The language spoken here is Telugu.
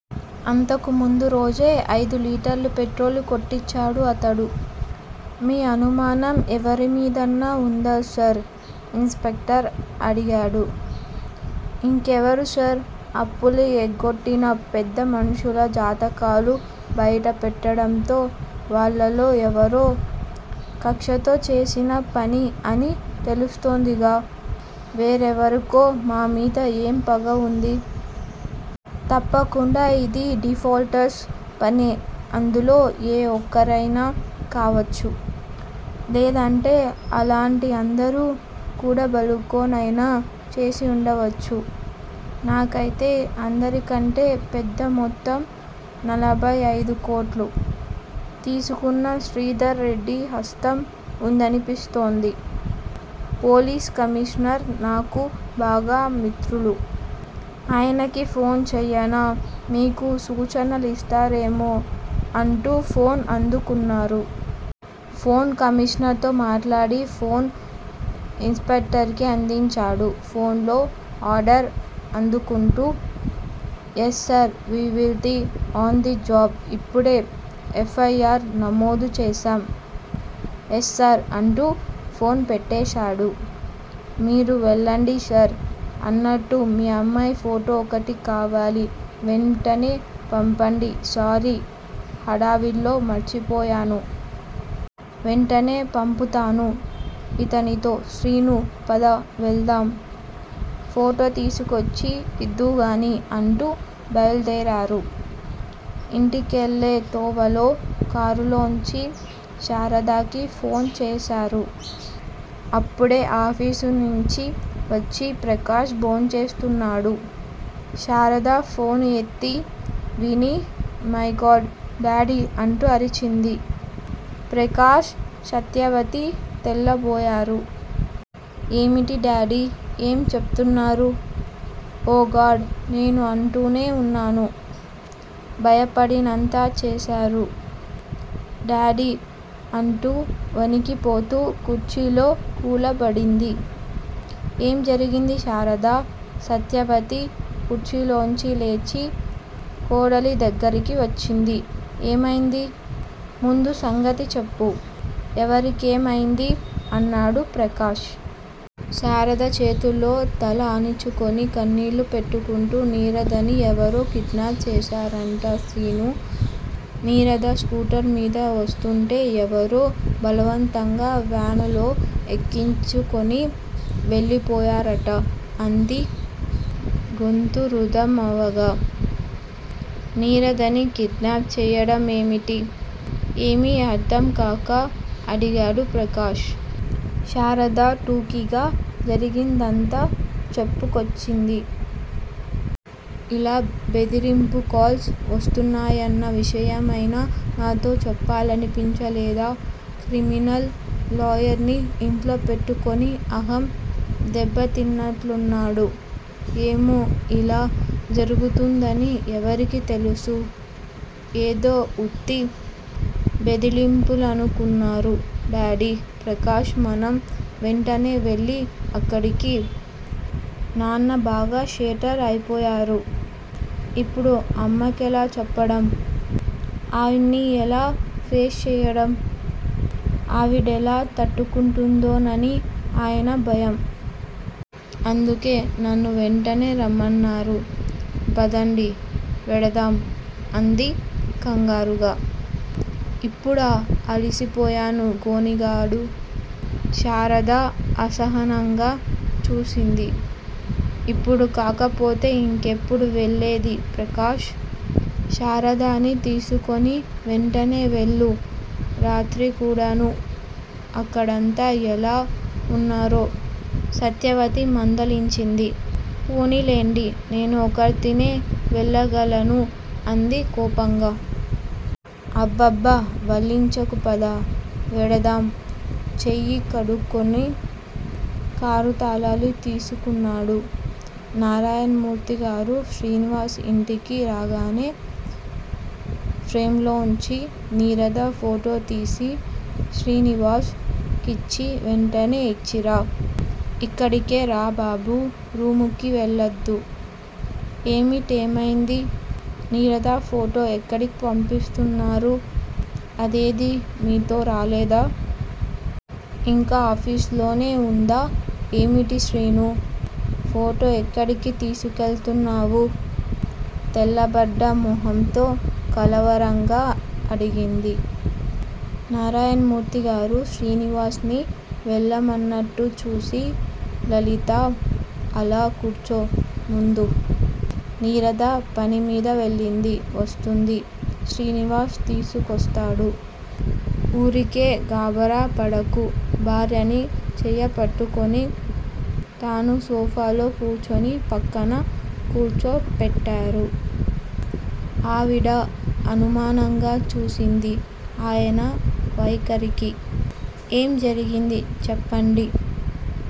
అంతకు ముందు రోజే అయిదు లీటర్ల పెట్రోలు కొట్టించాడు అతడు. మీ అనుమానం ఎవరిమీదన్నా వుందా సార్ ఇన్ స్పెక్టర్ అడిగాడు. ఇంకెవరు సార్ అప్పులు ఎగ్గొట్టిన పెద్దమనుషుల జాతకాలు బయట పెట్టడంతో వాళ్లల్లో ఎవరో కక్షతో చేసిన పని అని తెలుస్తోందిగా వేరే ఎవరికో మా మీద ఏం పగ వుంది? తప్పకుండా ఇది డిఫాల్టర్స్ పనే అందులో ఏ ఒక్కరైనా కావచ్చు, లేదంటే అలాంటి అందరూ కూడబలుక్కునైనా చేసివుండవచ్చు నాకైతే అందరికంటే పెద్దమొత్తం నలభై ఐదుకోట్లు తీసుకున్న శ్రీధర్ రెడ్డి హస్తం వుందనిపిస్తోంది పోలీస్ కమీషనర్ నాకు బాగా మిత్రులు. ఆయనకి ఫోన్ చెయ్యనా మీకు సూచనలిస్తారేమో అంటూ ఫోన్ అందుకున్నారు. పోలీస్ కమీషనర్ తో మాట్లాడి ఫోన్ ఇన్ స్పెక్టర్ కి అందించారు. ఫోనులో ఆర్డర్ అందుకుంటూ yes sir we will be on the job ఇప్పుడే ఎఫ్. ఐ. ఆర్. నమోదు చేశాం. ఎస్ సార్ అంటూ ఫోన్ పెట్టేశాడు. మీరు వెళ్ళండి సార్ అన్నట్టు మీ అమ్మాయి ఫోటో ఒకటి కావాలి వెంటనే పంపండి సారీ, హడావిడిలో మర్చిపోయాను. వెంటనే పంపుతాను ఇతనితో శ్రీనూ, పద వెడదాం, ఫోటో తీసుకొచ్చి ఇద్దూగాని అంటూ బయలుదేరారు. ఇంటికెళ్ళే తోవలో కారులోంచి శారదకి ఫోను చేశారు. అప్పుడే ఆఫీసునించి వచ్చి ప్రకాష్ భోంచేస్తున్నాడు. శారద ఫోను ఎత్తి విని మైగాడ్ డాడీ అంటూ అరిచింది. ప్రకాష్ సత్యవతి తెల్లబోయారు. ఏమిటి డాడీ! ఏం చెప్తున్నారు? ఓ గాడ్ నేను అంటూనే వున్నాను. భయపడినంతా చేశారు. డాడీ అంటూ వణికిపోతూ కుర్చీలో కూలబడింది. ఏం జరిగింది శారదా! సత్యవతి కుర్చీలోంచి లేచి కోడలి దగ్గిరకి వచ్చింది. ఏమైంది? ముందు సంగతి చెప్పు. ఎవరికేం అయింది అన్నాడు ప్రకాష్. శారద చేతుల్లో తల ఆనించుకుని కన్నీళ్ళు పెట్టుకుంటూ నీరదని ఎవరో కిడ్నాప్ చేశారట శీనూ, నీరద స్కూటర్ మీద వస్తూంటే ఎవరో బలవంతంగా వ్యాన్ లో ఎక్కించుకుని వెళ్ళిపోయారట అంది గొంతు రుద్ధమవగా. నీరదని కిడ్నాప్ చెయ్యడం ఏమిటి? ఏమీ అర్థంకాక అడిగాడు ప్రకాష్. శారద టూకీగా జరిగిందంతా చెప్పుకొచ్చింది. ఇలా బెదిరింపు కాల్స్ వస్తున్నాయన్న విషయమైనా నాతో చెప్పాలనిపించలేదా? క్రిమినల్ లాయర్ ని ఇంట్లోపెట్టుకుని అహం దెబ్బతిన్నట్లన్నాడు. ఏమో! ఇలా జరుగుతుందని ఎవరికి తెలుసు? ఏదో ఉత్తి బెదిరింపులనుకున్నారు డాడీ ప్రకాష్ మనం వెంటనే వెళ్ళాలి అక్కడికి. నాన్న బాగా షేటర్ అయిపోయారు. ఇప్పుడు అమ్మకెలా చెప్పడం ఆవిణ్ణి ఎలా ఫేస్ చెయ్యడం, ఆవిడెలా తట్టుకుంటుందోనని ఆయన భయం. అందుకే నన్ను వెంటనే రమ్మన్నారు. పదండి వెడదాం అంది కంగారుగా. ఇప్పుడా! అలసిపోయాను గొణిగాడు. శారద అసహనంగా చూసింది. ఇప్పుడు కాకపోతే ఇంకెప్పుడు వెళ్ళేది ప్రకాష్! శారదని తీసుకుని వెంటనే వెళ్ళు రాత్రికూడాను అక్కడంతా ఎలా వున్నారో సత్యవతి మందలించింది. పోనీలెండి, నేను ఒక్కర్తినే వెళ్ళగలను అంది కోపంగా. అబ్బబ్బ వల్లించకుపద వెడదాం చేయి కడుక్కుని కారుతాళాలు తీసుకున్నాడు. నారాయణమూర్తిగారు, శ్రీనివాస్ ఇంటికి రాగానే ఫ్రేమ్ లోంచి నీరద ఫోటోతీసి శ్రీనివాస్ కిచ్చి వెంటనే ఇచ్చిరా, ఇక్కడికే రా బాబూ రూముకి వెళ్లద్దు. ఏమిటి ఏమైంది, నీరద ఫోటో ఎక్కడికి పంపిస్తున్నారు? అదేదీ మీతో రాలేదా? ఇంకా ఆఫీసులోనే వుందా ఏమిటి శ్రీనూ, ఫోటో ఎక్కడికి తీసుకెళుతున్నావు? తెల్లబడ్డ మొహంతో కలవరంగా అడిగింది. నారాయణమూర్తిగారు శ్రీనివాస్ ని వెళ్ళమన్నట్టు చూసి లలితా, అలా కూర్చో ముందు. నీరద పనిమీద వెళ్ళింది. వస్తుంది. శ్రీనివాస్ తీసుకొస్తాడు. ఊరికే గాభరా పడకు భార్యని చెయ్యిపట్టుకుని తను సోఫాలో కూర్చుని పక్కన కూర్చోపెట్టారు. ఆవిడ అనుమానంగా చూసింది ఆయన వైఖరికి. ఏం జరిగింది చెప్పండి